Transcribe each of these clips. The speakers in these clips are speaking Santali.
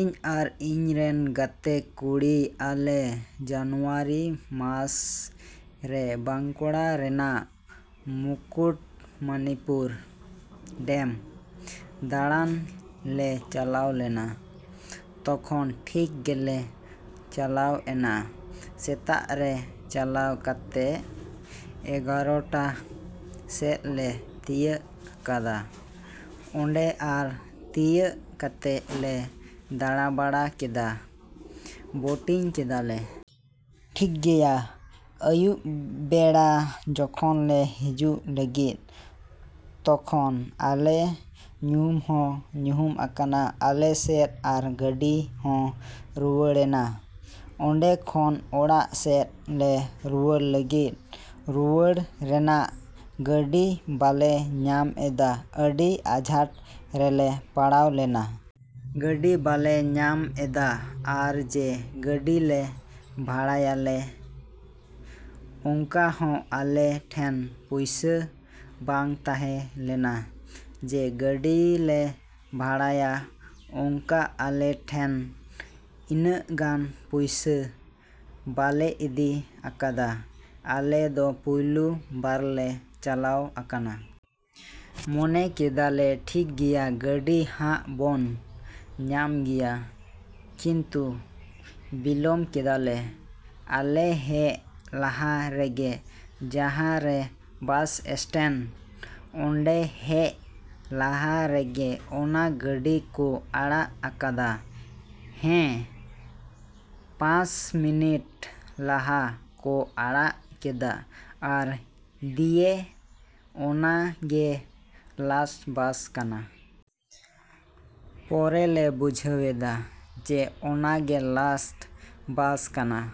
ᱤᱧ ᱟᱨ ᱤᱧ ᱨᱮᱱ ᱜᱟᱛᱮ ᱠᱩᱲᱤ ᱟᱞᱮ ᱡᱟᱱᱩᱭᱟᱨᱤ ᱢᱟᱥ ᱨᱮ ᱵᱟᱸᱠᱩᱲᱟ ᱨᱮᱱᱟᱜ ᱢᱩᱠᱩᱴᱢᱚᱱᱤᱯᱩᱨ ᱰᱮᱢ ᱫᱟᱬᱟᱱ ᱞᱮ ᱪᱟᱞᱟᱣ ᱞᱮᱱᱟ᱾ ᱛᱚᱠᱷᱚᱱ ᱴᱷᱤᱠ ᱜᱮᱞᱮ ᱪᱟᱞᱟᱣ ᱮᱱᱟ᱾ ᱥᱮᱛᱟᱜ ᱨᱮ ᱪᱟᱞᱟᱣ ᱠᱟᱛᱮᱫ ᱮᱜᱟᱨᱚᱴᱟ ᱥᱮᱫ ᱞᱮ ᱛᱤᱭᱟᱹᱜ ᱟᱠᱟᱫᱟ ᱚᱸᱰᱮ ᱟᱨ ᱛᱤᱭᱟᱹᱜ ᱠᱟᱛᱮᱫ ᱞᱮ ᱫᱟᱬᱟᱵᱟᱲᱟ ᱠᱮᱫᱟ, ᱵᱳᱴᱤᱝ ᱠᱮᱫᱟᱞᱮ᱾ ᱴᱷᱤᱠ ᱜᱮᱭᱟ, ᱟᱹᱭᱩᱵ ᱵᱮᱲᱟ ᱡᱚᱠᱷᱚᱱ ᱞᱮ ᱦᱤᱡᱩᱜ ᱞᱟᱹᱜᱤᱫ ᱛᱚᱠᱷᱚᱱ ᱟᱞᱮ ᱧᱩᱦᱩᱢ ᱦᱚᱸ ᱧᱩᱦᱩᱢ ᱟᱠᱟᱱᱟ ᱟᱞᱮ ᱥᱮᱫ ᱟᱨ ᱜᱟᱹᱰᱤ ᱦᱚᱸ ᱨᱩᱣᱟᱹᱲᱮᱱᱟ ᱚᱸᱰᱮ ᱠᱷᱚᱱ ᱚᱲᱟᱜ ᱥᱮᱫ ᱞᱮ ᱨᱩᱣᱟᱹᱲ ᱞᱟᱹᱜᱤᱫ᱾ ᱨᱩᱣᱟᱹᱲ ᱨᱮᱱᱟᱜ ᱜᱟᱹᱰᱤ ᱵᱟᱞᱮ ᱧᱟᱢ ᱮᱫᱟ, ᱟᱹᱰᱤ ᱟᱸᱡᱷᱟᱴ ᱨᱮᱞᱮ ᱯᱟᱲᱟᱣ ᱞᱮᱱᱟ᱾ ᱜᱟᱹᱰᱤ ᱵᱟᱞᱮ ᱧᱟᱢ ᱮᱫᱟ ᱟᱨ ᱡᱮ ᱜᱟᱹᱰᱤ ᱞᱮ ᱵᱷᱟᱲᱟᱭᱟᱞᱮ ᱚᱱᱠᱟ ᱦᱚᱸ ᱟᱞᱮ ᱴᱷᱮᱱ ᱯᱩᱭᱥᱟᱹ ᱵᱟᱝ ᱛᱟᱦᱮᱸ ᱞᱮᱱᱟ᱾ ᱡᱮ ᱜᱟᱹᱰᱤ ᱞᱮ ᱵᱷᱟᱲᱟᱭᱟ ᱚᱱᱠᱟ ᱟᱞᱮ ᱴᱷᱮᱱ ᱤᱱᱟᱹᱜ ᱜᱟᱱ ᱯᱩᱭᱥᱟᱹ ᱵᱟᱞᱮ ᱤᱫᱤ ᱟᱠᱟᱫᱟ᱾ ᱟᱞᱮ ᱫᱚ ᱯᱳᱭᱞᱳ ᱵᱟᱨᱞᱮ ᱪᱟᱞᱟᱣ ᱟᱠᱟᱱᱟ᱾ ᱢᱚᱱᱮ ᱠᱮᱫᱟ ᱞᱮ ᱴᱷᱤᱠ ᱜᱮᱭᱟ ᱜᱟᱹᱰᱤ ᱦᱟᱜ ᱵᱚᱱ ᱧᱟᱢ ᱜᱮᱭᱟ ᱠᱤᱱᱛᱩ ᱵᱤᱞᱚᱢ ᱠᱮᱫᱟᱞᱮ᱾ ᱟᱞᱮ ᱦᱮᱡ ᱞᱟᱦᱟ ᱨᱮᱜᱮ ᱡᱟᱦᱟᱸ ᱨᱮ ᱵᱟᱥ ᱮᱥᱴᱮᱱᱴ ᱚᱸᱰᱮ ᱦᱮᱡ ᱞᱟᱦᱟ ᱨᱮᱜᱮ ᱚᱱᱟ ᱜᱟᱹᱰᱤ ᱠᱚ ᱟᱲᱟᱜ ᱟᱠᱟᱫᱟ᱾ ᱦᱮᱸ, ᱯᱟᱸᱪ ᱢᱤᱱᱤᱴ ᱞᱟᱦᱟ ᱠᱚ ᱟᱲᱟᱜ ᱠᱮᱫᱟ ᱟᱨ ᱫᱤᱭᱮ ᱚᱱᱟ ᱜᱮ ᱞᱟᱥᱴ ᱵᱟᱥ ᱠᱟᱱᱟ᱾ ᱯᱚᱨᱮ ᱞᱮ ᱵᱩᱡᱷᱟᱹᱣᱮᱫᱟ ᱡᱮ ᱚᱱᱟ ᱜᱮ ᱞᱟᱥᱴ ᱵᱟᱥ ᱠᱟᱱᱟ᱾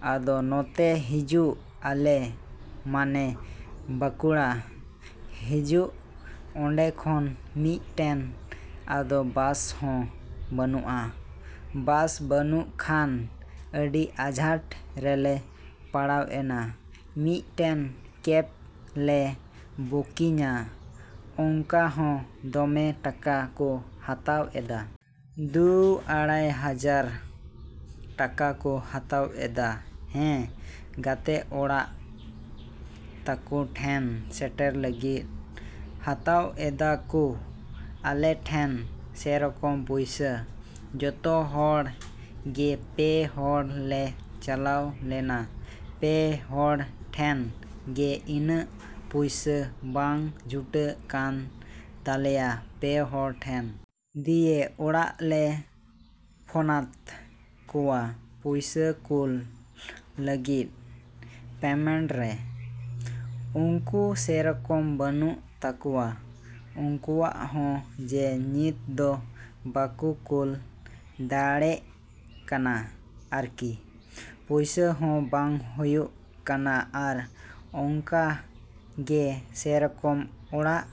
ᱟᱫᱚ ᱱᱚᱛᱮ ᱦᱤᱡᱩᱜ ᱟᱞᱮ ᱢᱟᱱᱮ ᱵᱟᱸᱠᱩᱲᱟ ᱦᱤᱡᱩᱜ ᱚᱸᱰᱮ ᱠᱷᱚᱱ ᱢᱤᱫᱴᱮᱱ ᱟᱫᱚ ᱵᱟᱥ ᱦᱚᱸ ᱵᱟᱱᱩᱜᱼᱟ᱾ ᱵᱟᱥ ᱵᱟᱹᱱᱩᱜ ᱠᱷᱟᱱ ᱟᱹᱰᱤ ᱟᱸᱡᱷᱟᱴ ᱨᱮᱞᱮ ᱯᱟᱲᱟᱣ ᱮᱱᱟ᱾ ᱢᱤᱫᱴᱮᱱ ᱠᱮᱯ ᱞᱮ ᱵᱩᱠᱤᱝᱟ ᱚᱱᱠᱟ ᱦᱚᱸ ᱫᱚᱢᱮ ᱴᱟᱠᱟ ᱠᱚ ᱦᱟᱛᱟᱣ ᱮᱫᱟ᱾ ᱫᱩ ᱟᱲᱟᱭ ᱦᱟᱡᱟᱨ ᱴᱟᱠᱟ ᱠᱚ ᱦᱟᱛᱟᱣ ᱮᱫᱟ ᱦᱮᱸ, ᱜᱟᱛᱮ ᱚᱲᱟᱜ ᱛᱟᱠᱚ ᱴᱷᱮᱱ ᱥᱮᱴᱮᱨ ᱞᱟᱹᱜᱤᱫ᱾ ᱦᱟᱛᱟᱣ ᱮᱫᱟ ᱠᱚ ᱟᱞᱮ ᱴᱷᱮᱱ ᱥᱮᱨᱚᱠᱚᱢ ᱯᱚᱭᱥᱟ᱾ ᱡᱚᱛᱚ ᱦᱚᱲ ᱜᱮ ᱯᱮ ᱦᱚᱲ ᱞᱮ ᱪᱟᱞᱟᱣ ᱞᱮᱱᱟ᱾ ᱯᱮ ᱦᱚᱲ ᱴᱷᱮᱱ ᱜᱮ ᱤᱱᱟᱹᱜ ᱯᱚᱭᱥᱟ ᱵᱟᱝ ᱡᱩᱴᱟᱹᱜ ᱠᱟᱱ ᱛᱟᱞᱮᱭᱟ ᱯᱮ ᱦᱚᱲ ᱴᱷᱮᱱ᱾ ᱫᱤᱭᱮ ᱚᱲᱟᱜ ᱞᱮ ᱯᱷᱳᱱᱟᱫ ᱠᱚᱣᱟ ᱯᱚᱭᱥᱟ ᱠᱳᱞ ᱞᱟᱹᱜᱤᱫ ᱯᱮᱢᱮᱱᱴ ᱨᱮ᱾ ᱩᱱᱠᱩ ᱥᱮᱨᱚᱠᱚᱢ ᱵᱟᱹᱱᱩᱜ ᱛᱟᱠᱚᱣᱟ ᱩᱱᱠᱩᱣᱟᱜ ᱦᱚᱸ ᱡᱮ ᱱᱤᱛ ᱫᱚ ᱵᱟᱠᱚ ᱠᱳᱞ ᱫᱟᱲᱮᱜ ᱠᱟᱱᱟ ᱟᱨᱠᱤ᱾ ᱯᱚᱭᱥᱟ ᱦᱚᱸ ᱵᱟᱝ ᱦᱩᱭᱩᱜ ᱠᱟᱱᱟ ᱟᱨ ᱚᱝᱠᱟ ᱜᱮ ᱥᱮᱨᱚᱠᱚᱢ ᱚᱲᱟᱜ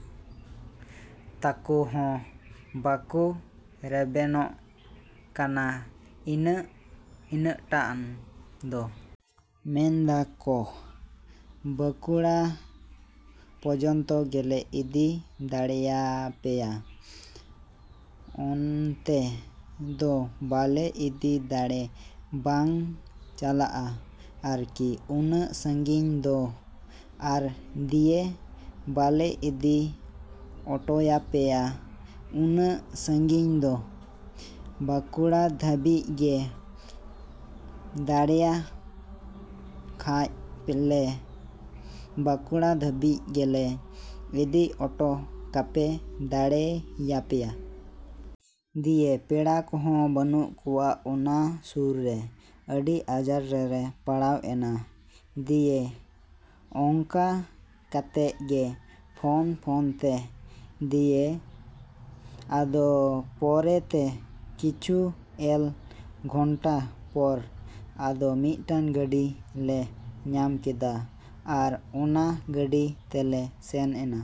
ᱛᱟᱠᱚ ᱦᱚᱸ ᱵᱟᱠᱚ ᱨᱮᱵᱮᱱᱚᱜ ᱠᱟᱱᱟ ᱤᱱᱟᱜ ᱤᱱᱟᱜᱴᱟᱱ ᱫᱚ᱾ ᱢᱮᱱᱮᱫᱟ ᱠᱚ ᱵᱟᱸᱠᱩᱲᱟ ᱯᱚᱡᱚᱱᱛᱚ ᱜᱮᱞᱮ ᱤᱫᱤ ᱫᱟᱲᱮᱭᱟᱯᱮᱭᱟ ᱚᱱᱛᱮ ᱫᱚ ᱵᱟᱞᱮ ᱤᱫᱤ ᱫᱟᱲᱮ, ᱵᱟᱝ ᱪᱟᱞᱟᱜᱼᱟ ᱟᱨᱠᱤ ᱤᱱᱟᱹᱜ ᱥᱟᱺᱜᱤᱧ ᱫᱚ ᱟᱨ ᱫᱤᱭᱮ ᱵᱟᱞᱮ ᱤᱫᱤ ᱚᱴᱚᱭᱟᱯᱮᱭᱟ ᱩᱱᱟᱹᱜ ᱥᱟᱺᱜᱤᱧ ᱫᱚ᱾ ᱵᱟᱸᱠᱩᱲᱟ ᱫᱷᱟᱹᱵᱤᱡ ᱜᱮ ᱸ, ᱫᱟᱲᱮᱭᱟᱜ ᱠᱷᱟᱡ ᱞᱮ ᱵᱟᱸᱠᱩᱲᱟ ᱫᱷᱟᱹᱵᱤᱡ ᱜᱮᱞᱮ ᱤᱫᱤ ᱚᱴᱚ ᱠᱟᱯᱮ ᱫᱟᱲᱮ ᱭᱟᱯᱮᱭᱟ᱾ ᱫᱤᱭᱮ ᱯᱮᱲᱟ ᱠᱚᱦᱚᱸ ᱵᱟᱹᱱᱩᱜ ᱠᱚᱣᱟ ᱚᱱᱟ ᱥᱩᱨ ᱨᱮ᱾ ᱟᱹᱰᱤ ᱟᱡᱷᱟᱴ ᱨᱮᱞᱮ ᱯᱟᱲᱟᱣ ᱮᱱᱟ᱾ ᱫᱤᱭᱮ ᱚᱱᱠᱟ ᱠᱟᱛᱮᱫ ᱜᱮ ᱯᱷᱳᱱ ᱯᱷᱳᱱᱛᱮ ᱫᱤᱭᱮ ᱟᱫᱚ ᱯᱚᱨᱮ ᱛᱮ ᱠᱤᱪᱷᱩ ᱮᱠ ᱜᱷᱚᱱᱴᱟ ᱯᱚᱨ ᱟᱫᱚ ᱢᱤᱫᱴᱟᱝ ᱜᱟᱹᱰᱤ ᱞᱮ ᱧᱟᱢ ᱠᱮᱫᱟ ᱟᱨ ᱚᱱᱟ ᱜᱟᱹᱰᱤ ᱛᱮᱞᱮ ᱥᱮᱱ ᱮᱱᱟ᱾